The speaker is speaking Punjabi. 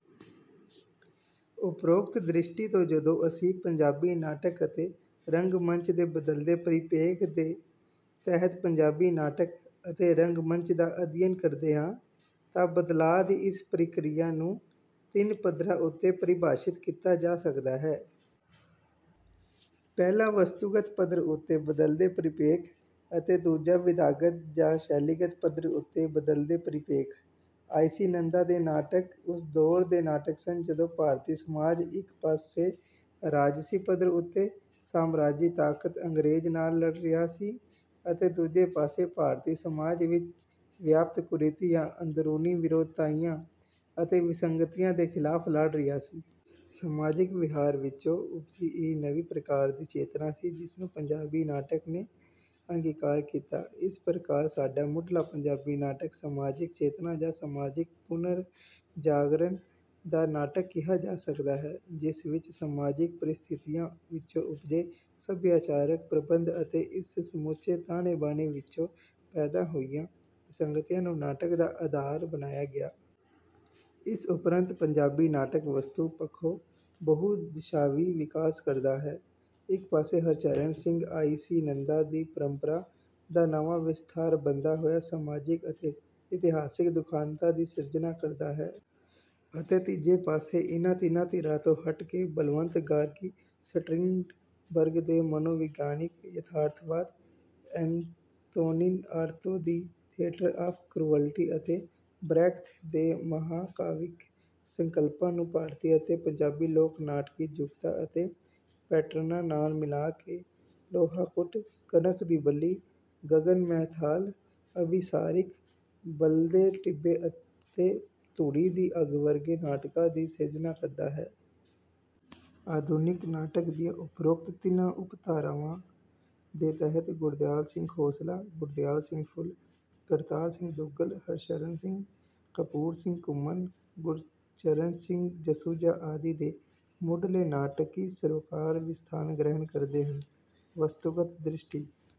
ਉਪਰੋਕਤ ਦ੍ਰਿਸ਼ਟੀ ਤੋਂ ਜਦੋਂ ਅਸੀਂ ਪੰਜਾਬੀ ਨਾਟਕ ਅਤੇ ਰੰਗ ਮੰਚ ਦੇ ਬਦਲਦੇ ਪਰਿਪੇਖ ਦੇ ਤਹਿਤ ਪੰਜਾਬੀ ਨਾਟਕ ਅਤੇ ਰੰਗਮੰਚ ਦਾ ਅਧਿਐਨ ਕਰਦੇ ਹਾਂ ਤਾਂ ਬਦਲਾਅ ਦੀ ਇਸ ਪ੍ਰਕਿਰਿਆ ਨੂੰ ਤਿੰਨ ਪੱਧਰਾਂ ਉੱਤੇ ਪਰਿਭਾਸ਼ਿਤ ਕੀਤਾ ਜਾ ਸਕਦਾ ਹੈ। ਪਹਿਲਾ ਵਸਤੂਗਤ ਪੱਧਰ ਉੱਤੇ ਬਦਲਦੇ ਪਰਿਪੇਖ ਅਤੇ ਦੂਜਾ ਵਿਧਾਗਤ ਜਾਂ ਸ਼ੈਲੀਗਤ ਪੱਧਰ ਉੱਤੇ ਬਦਲਦੇ ਪਰਿਪੇਖ। ਆਈ ਸੀ ਨੰਦਾ ਦੇ ਨਾਟਕ ਉਸ ਦੌਰ ਦੇ ਨਾਟਕ ਸਨ ਜਦੋਂ ਭਾਰਤੀ ਸਮਾਜ ਇੱਕ ਪਾਸੇ ਰਾਜਸੀ ਪੱਧਰ ਉੱਤੇ ਸਾਮਰਾਜੀ ਤਾਕਤ ਅੰਗਰੇਜ਼ ਨਾਲ ਲੜ ਰਿਹਾ ਸੀ ਅਤੇ ਦੂਜੇ ਪਾਸੇ ਭਾਰਤੀ ਸਮਾਜ ਵਿੱਚ ਵਿਆਪਤ ਕੁਰੀਤੀਆਂ, ਅੰਦਰੂਨੀ ਵਿਰੋਧਤਾਈਆਂ ਅਤੇ ਵਿਸੰਗਤੀਆਂ ਦੇ ਖਿਲਾਫ ਲੜ ਰਿਹਾ ਸੀ। ਸਮਾਜਿਕ ਵਿਹਾਰ ਵਿੱਚੋਂ ਉਪਜੀ ਇਹ ਨਵੀਂ ਪ੍ਰਕਾਰ ਦੀ ਚੇਤਨਾ ਸੀ ਜਿਸ ਨੂੰ ਪੰਜਾਬੀ ਨਾਟਕ ਨੇ ਅੰਗੀਕਾਰ ਕੀਤਾ। ਇਸ ਪ੍ਰਕਾਰ ਸਾਡਾ ਮੁਢਲਾ ਪੰਜਾਬੀ ਨਾਟਕ ਸਮਾਜਿਕ ਚੇਤਨਾ ਜਾਂ ਸਮਾਜਿਕ ਪੁਨਰ ਜਾਗਰਣ ਦਾ ਨਾਟਕ ਕਿਹਾ ਜਾ ਸਕਦਾ ਹੈ, ਜਿਸ ਵਿੱਚ ਸਮਾਜਿਕ ਪਰਿਸਥਿਤੀਆਂ ਵਿੱਚੋਂ ਉਪਜੇ ਸਭਿਆਚਾਰਕ ਪ੍ਰਬੰਧ ਅਤੇ ਇਸ ਸਮੁੱਚੇ ਤਾਣੇ-ਬਾਣੇ ਵਿੱਚੋਂ ਪੈਦਾ ਹੋਈਆਂ ਵਿਸੰਗਤੀਆਂ ਨੂੰ ਨਾਟਕ ਦਾ ਆਧਾਰ ਬਣਾਇਆ ਗਿਆ। ਇਸ ਉਪਰੰਤ ਪੰਜਾਬੀ ਨਾਟਕ ਵਸਤੂ ਪੱਖੋਂ ਬਹੁ ਦਿਸ਼ਾਵੀ ਵਿਕਾਸ ਕਰਦਾ ਹੈ। ਇੱਕ ਪਾਸੇ ਹਰਚਰਨ ਸਿੰਘ ਆਈ ਸੀ ਨੰਦਾ ਦੀ ਪਰੰਪਰਾ ਦਾ ਨਵਾਂ ਵਿਸਥਾਰ ਬਣਦਾ ਹੋਇਆ ਸਮਾਜਿਕ ਅਤੇ ਇਤਿਹਾਸਕ ਦੁਖਾਂਤਾਂ ਦੀ ਸਿਰਜਣਾ ਕਰਦਾ ਹੈ। ਅਤੇ ਤੀਜੇ ਪਾਸੇ ਇਹਨਾਂ ਤਿੰਨਾਂ ਧਿਰਾਂ ਤੋਂ ਹਟ ਕੇ ਬਲਵੰਤ ਗਾਰਗੀ ਸਟਰਿੰਡਬਰਗ ਦੇ ਮਨੋਵਿਗਿਆਨਕ ਯਥਾਰਥਵਾਦ, ਐਨਤੋਨਿਨ ਆਰਤੋ ਦੇ ਥੀਏਟਰ ਆਫ਼ ਕਰੂਅਲਟੀ ਅਤੇ ਬਰੈਖਤ ਦੇ ਮਹਾਂਕਾਵਿਕ ਸੰਕਲਪਾਂ ਨੂੰ ਭਾਰਤੀ ਅਤੇ ਪੰਜਾਬੀ ਲੋਕ ਨਾਟਕੀ ਜੁਗਤਾਂ ਅਤੇ ਪੈਟਰਨਾਂ ਨਾਲ ਮਿਲਾ ਕੇ ਲੋਹਾ ਕੁੱਟ, ਕਣਕ ਦੀ ਬੱਲੀ, ਗਗਨ ਮਹਿ ਥਾਲ, ਅਭਿਸਾਰਿਕਾ, ਬਲਦੇ ਟਿੱਬੇ ਅਤੇ ਧੁਣੀ ਦੀ ਅੱਗ ਵਰਗੇ ਨਾਟਕਾਂ ਦੀ ਸਿਰਜਣਾ ਕਰਦਾ ਹੈ। ਆਧੁਨਿਕ ਨਾਟਕ ਦੀਆਂ ਉਪਰੋਕਤ ਤਿੰਨਾਂ ਉਪਧਾਰਾਵਾਂ ਦੇ ਤਹਿਤ ਗੁਰਦਿਆਲ ਸਿੰਘ ਖੋਸਲਾ, ਗੁਰਦਿਆਲ ਸਿੰਘ ਫੁੱਲ, ਕਰਤਾਰ ਸਿੰਘ ਦੁੱਗਲ, ਹਰਸ਼ਰਨ ਸਿੰਘ, ਕਪੂਰ ਸਿੰਘ ਘੁੰਮਣ, ਗੁਰਚਰਨ ਸਿੰਘ ਜਸੂਜਾ ਆਦਿ ਦੇ ਮੁਢਲੇ ਨਾਟਕੀ ਸਰੋਕਾਰ ਵੀ ਸਥਾਨ ਗ੍ਰਹਿਣ ਕਰਦੇ ਹਨ। ਵਸਤੂਗਤ ਦ੍ਰਿਸ਼ਟੀ